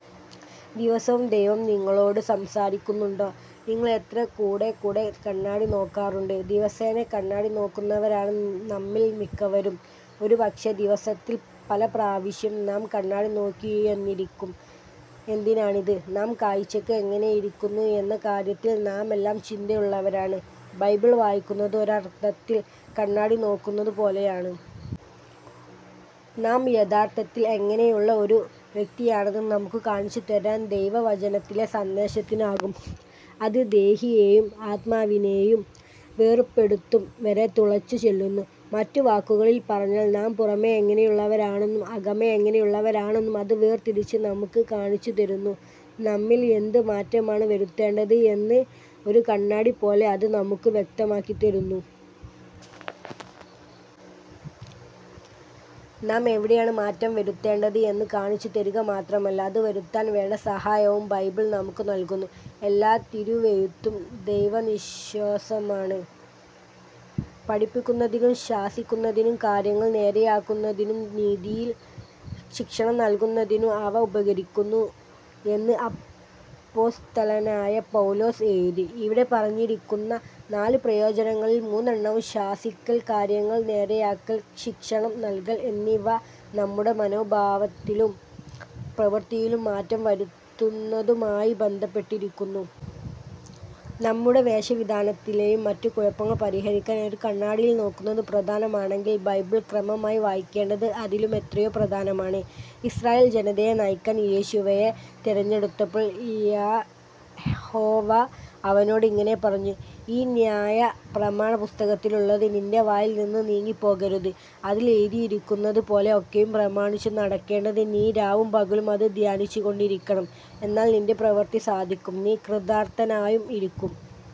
ദിവസവും ദൈവം നിങ്ങളോട് സംസാരിക്കുന്നുണ്ടോ? നിങ്ങൾ എത്ര കൂടെക്കൂടെ കണ്ണാടി നോക്കാറുണ്ട്? ദിവസേന കണ്ണാടി നോക്കുന്നവരാണ് നമ്മിൽ മിക്കവരും. ഒരുപക്ഷേ ദിവസത്തിൽ പലപ്രാവശ്യം നാം കണ്ണാടി നോക്കിയെന്നിരിക്കും. എന്തിനാണത്? നാം കാഴ്ചയ്ക്ക് എങ്ങനെയിരിക്കുന്നു എന്ന കാര്യത്തിൽ നാമെല്ലാം ചിന്തയുള്ളവരാണ്. ബൈബിൾ വായിക്കുന്നത് ഒരർത്ഥത്തിൽ കണ്ണാടി നോക്കുന്നത് പോലെയാണ്. നാം യഥാർത്ഥത്തിൽ എങ്ങനെയുള്ള ഒരു വ്യക്തിയാണെന്ന് നമുക്ക് കാണിച്ചുതരാൻ ദൈവവചനത്തിലെ സന്ദേശത്തിനാകും. അത് ദേഹിയെയും ആത്മാവിനെയും വേർപെടുത്തും വരെ തുളച്ചു ചെല്ലുന്നു. മറ്റു വാക്കുകളിൽ പറഞ്ഞാൽ, നാം പുറമെ എങ്ങനെയുള്ളവരാണെന്നും അകമേ എങ്ങനെയുള്ളവരാണെന്നും അത് വേർതിരിച്ച് നമുക്ക് കാണിച്ചുതരുന്നു. നമ്മിൽ എന്ത് മാറ്റമാണ് വരുത്തേണ്ടത് എന്ന് ഒരു കണ്ണാടി പോലെ അത് നമുക്ക് വ്യക്തമാക്കിത്തരുന്നു. നാം എവിടെയാണ് മാറ്റം വരുത്തേണ്ടത് എന്ന് കാണിച്ചുതരിക മാത്രമല്ല, അത് വരുത്താൻ വേണ്ട സഹായവും ബൈബിൾ നമുക്ക് നൽകുന്നു. എല്ലാ തിരുവെഴുത്തും ദൈവനിശ്വാസമാണ്, പഠിപ്പിക്കുന്നതിനും ശാസിക്കുന്നതിനും കാര്യങ്ങൾ നേരെയാക്കുന്നതിനും നീതിയിൽ ശിക്ഷണം നൽകുന്നതിനും അവ ഉപകരിക്കുന്നു എന്ന് അപ്പൊസ്തലനായ പൗലോസ് എഴുതി. ഇവിടെ പറഞ്ഞിരിക്കുന്ന നാല് പ്രയോജനങ്ങളിൽ മൂന്നെണ്ണവും, ശാസിക്കൽ, കാര്യങ്ങൾ നേരെയാക്കൽ, ശിക്ഷണം നൽകൽ എന്നിവ നമ്മുടെ മനോഭാവത്തിലും പ്രവൃത്തിയിലും മാറ്റം വരുത്തുന്നതുമായി ബന്ധപ്പെട്ടിരിക്കുന്നു. നമ്മുടെ വേഷവിധാനത്തിലെയും മറ്റും കുഴപ്പങ്ങൾ പരിഹരിക്കാൻ ഒരു കണ്ണാടിയിൽ നോക്കുന്നത് പ്രധാനമാണെങ്കിൽ, ബൈബിൾ ക്രമമായി വായിക്കേണ്ടത് അതിലുമെത്രയോ പ്രധാനമാണ്! ഇസ്രായേൽ ജനതയെ നയിക്കാൻ യോശുവയെ തെരഞ്ഞെടുത്തപ്പോൾ യഹോവ അവനോട് ഇങ്ങനെ പറഞ്ഞു, ഈ ന്യായപ്രമാണ പുസ്തകത്തിലുള്ളത് നിൻ്റെ വായിൽ നിന്ന് നീങ്ങിപ്പോകരുത്, അതിൽ എഴുതിയിരിക്കുന്നത് പോലെ ഒക്കെയും പ്രമാണിച്ചു നടക്കേണ്ടതിന് നീ രാവും പകലും അത് ധ്യാനിച്ചുകൊണ്ടിരിക്കണം, എന്നാൽ നിൻ്റെ പ്രവൃത്തി സാധിക്കും, നീ കൃതാർത്ഥനായും ഇരിക്കും.